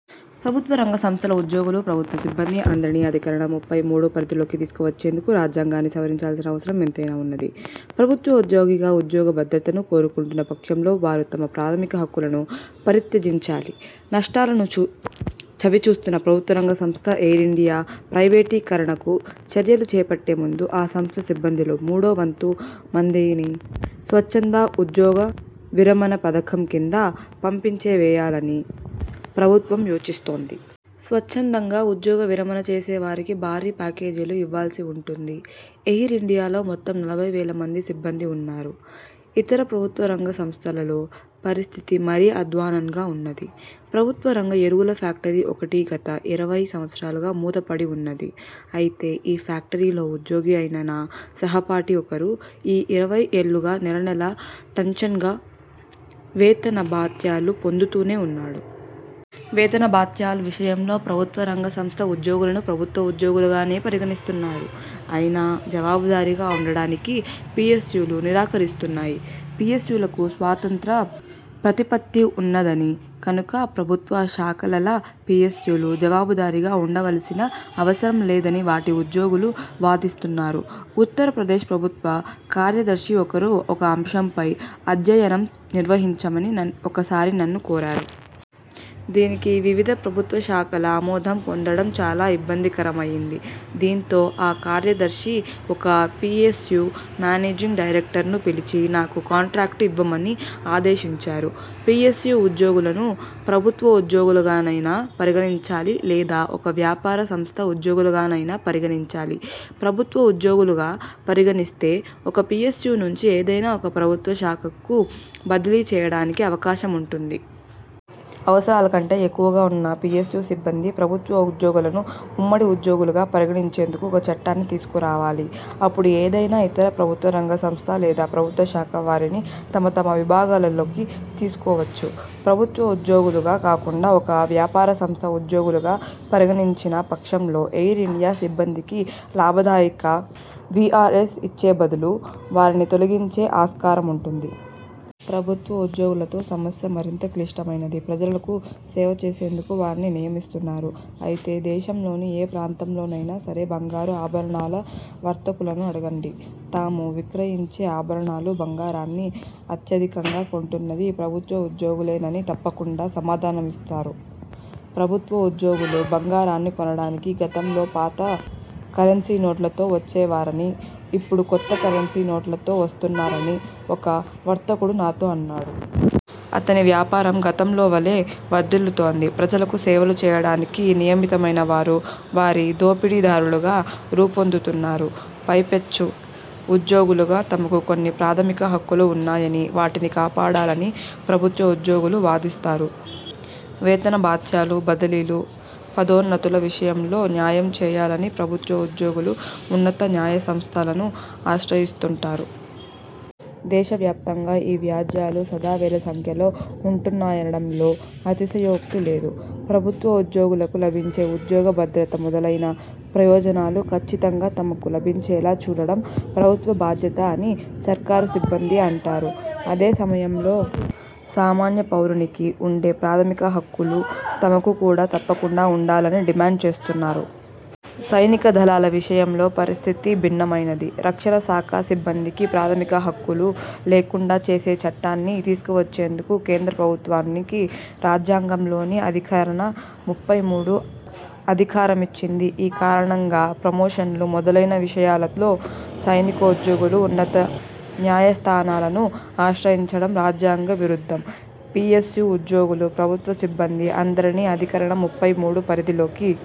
ప్రభుత్వ రంగ సంస్థల ఉద్యోగులు, ప్రభుత్వ సిబ్బంది అందరినీ అధికరణ ముప్పై మూడు పరిధి లోకి తీసుకువచ్చేందుకు రాజ్యాంగాన్ని సవరించాల్సిన అవసరం ఎంతైనా వున్నది. ప్రభుత్వోద్యోగిగా ఉద్యోగ భద్రతను కోరుకొంటున్న పక్షంలో వారు తమ ప్రాథమిక హక్కులను పరిత్యజించాలి. నష్టాలను చవిచూస్తున్న ప్రభుత్వరంగ సంస్థ ఎయిర్ ఇండియా ప్రైవేటీకరణకు చర్యలు చేపట్టే ముందు, ఆ సంస్థ సిబ్బందిలో మూడో వంతు మందిని స్వచ్ఛంద ఉద్యోగవిరమణ పథకం కింద పంపించివేయాలని ప్రభుత్వం యోచిస్తోంది. స్వచ్ఛందంగా ఉద్యోగ విరమణ చేసేవారికి భారీ ప్యాకేజీలు ఇవ్వవలసివుంటుంది. ఎయిర్ ఇండియాలో మొత్తం నలభై వేల మంది సిబ్బంది వున్నారు. ఇతర ప్రభుత్వరంగ సంస్థలలో పరిస్థితి మరింత అధ్వాన్నంగా వున్నది. ప్రభుత్వ రంగ ఎరువుల ఫ్యాక్టరీ ఒకటి గత ఇరవై సంవత్సరాలుగా మూతపడివున్నది. అయితే, ఆ ఫ్యాక్టరీలో ఉద్యోగి అయిన నా సహపాఠి ఒకరు ఈ ఇరవై ఏళ్ళుగా నెలనెలా ఠంచన్గా వేతనభత్యాలు పొందుతూనే వున్నాడు! వేతన భత్యాల విషయంలో ప్రభుత్వ రంగ సంస్థ ఉద్యోగులను ప్రభుత్వ ఉద్యోగులుగానే పరిగణిస్తున్నారు. అయినా జవాబుదారీగా వుండడానికి పిఎస్యులు నిరాకరిస్తున్నాయి. పిఎస్యులకు స్వతంత్ర ప్రతిపత్తి ఉన్నదని, కనుక ప్రభుత్వ శాఖలలా పిఎస్యులు జవాబుదారీగా వుండవల్సిన అవసరంలేదని వాటి ఉద్యోగులు వాదిస్తున్నారు. ఉత్తరప్రదేశ్ ప్రభుత్వ కార్యదర్శి ఒకరు ఒక అంశంపై అధ్యయనం నిర్వహించమని ఒకసారి నన్ను కోరారు. దీనికి వివిధ ప్రభుత్వ శాఖల ఆమోదం పొందడం చాలా ఇబ్బందికరమయింది. దీంతో ఆ కార్యదర్శి ఒక పిఎస్యు మేనేజింగ్ డైరెక్టర్ను పిలిచి నాకు కాంట్రాక్టు ఇవ్వమని ఆదేశించారు. పిఎస్యు ఉద్యోగులను ప్రభుత్వోద్యోగులుగానైనా పరిగణించాలి లేదా ఒక వ్యాపార సంస్థ ఉద్యోగులుగానైనా పరిగణించాలి. ప్రభుత్వోద్యోగులుగా పరిగణిస్తే ఒక పిఎస్యు నుంచి ఏదైనా ఒక ప్రభుత్వ శాఖకు బదిలీ చేయడానికి అవకాశముంటుంది. అవసరాల కంటే ఎక్కువగా వున్న పిఎస్యు సిబ్బంది, ప్రభుత్వోద్యోగులను ఉమ్మడి ఉద్యోగులుగా పరిగణించేందుకు ఒక చట్టాన్ని తీసుకురావాలి. అప్పుడు ఏదైనా ఇతర ప్రభుత్వరంగ సంస్థ లేదా ప్రభుత్వ శాఖ వారిని తమ తమ విభాగాలలోకి తీసుకోవచ్చు. ప్రభుత్వోద్యోగులుగా కాకుండా ఒక వ్యాపారసంస్థ ఉద్యోగులుగా పరిగణించిన పక్షంలో ఎయిర్ ఇండియా సిబ్బందికి లాభదాయక విఆర్ఎస్ ఇచ్చే బదులు వారిని తొలగించే ఆస్కారముంటుంది. ప్రభుత్వోద్యోగులతో సమస్య మరింత క్లిష్టమైనది. ప్రజలకు 'సేవ' చేసేందుకు వారిని నియమిస్తున్నారు. అయితే దేశంలోని ఏ ప్రాంతంలోనైనా సరే బంగారు ఆభరణాల వర్తకులను అడగండి. తాము విక్రయించే ఆభరణాలు, బంగారాన్ని అత్యధికంగా కొంటున్నది ప్రభుత్వోగులేనని తప్పకుండా సమాధానమిస్తారు. ప్రభుత్వోద్యోగులు బంగారాన్ని కొనడానికి గతంలో పాత కరెన్సీ నోట్లతో వచ్చేవారని, ఇప్పుడు కొత్త కరెన్సీ నోట్లతో వస్తున్నారని ఒక వర్తకుడు నాతో అన్నాడు. అతని వ్యాపారం గతంలోవలే వర్థిల్లుతోంది. ప్రజలకు సేవలు చేయడానికి నియమితులైనవారు వారి దోపిడీదారులుగా రూపొందుతున్నారు! పైపెచ్చు ఉద్యోగులుగా తమకు కొన్ని ప్రాథమిక హక్కులు ఉన్నాయని, వాటిని కాపాడాలని ప్రభుత్వోద్యోగులు వాదిస్తారు. వేతన భత్యాలు, బదిలీలు, పదోన్నతుల విషయంలో న్యాయం చేయాలని ప్రభుత్వోద్యోగులు ఉన్నత న్యాయసంస్థలను ఆశ్రయిస్తుంటారు. దేశవ్యాప్తంగా ఈ వ్యాజ్యాలు సదా వేల సంఖ్యలో ఉంటాయనడంలో అతిశయోక్తి లేదు. ప్రభుత్వోద్యోగులకు లభించే ఉద్యోగ భద్రత మొదలైన ప్రయోజనాలు కచ్చితంగా తమకు లభించేలా చూడడం ప్రభుత్వ బాధ్యత అని సర్కారు సిబ్బంది అంటారు. అదే సమయంలో సామన్య పౌరునికి వుండే ప్రాథమిక హక్కులు తమకు కూడా తప్పకుండా వుండాలని డిమాండ్ చేస్తున్నారు. సైనిక దళాల విషయంలో పరిస్థితి భిన్నమైనది. రక్షణ శాఖ సిబ్బందికి ప్రాథమిక హక్కులు లేకుండా చేసే చట్టాన్ని తీసుకువచ్చేందుకు కేంద్ర ప్రభుత్వానికి రాజ్యాంగంలోని అధికరణ ముప్పై మూడు అధికారమిచ్చింది. ఈ కారణంగా ప్రమోషన్లు మొదలైన విషయాలలో సైనికోద్యోగులు ఉన్నతన్యాయస్థానాలను ఆశ్రయించడం రాజ్యాంగ విరుద్ధం. పిఎస్యు ఉద్యోగులు, ప్రభుత్వ సిబ్బంది అందరినీ అధికరణ ముప్పై మూడు పరిధిలోకి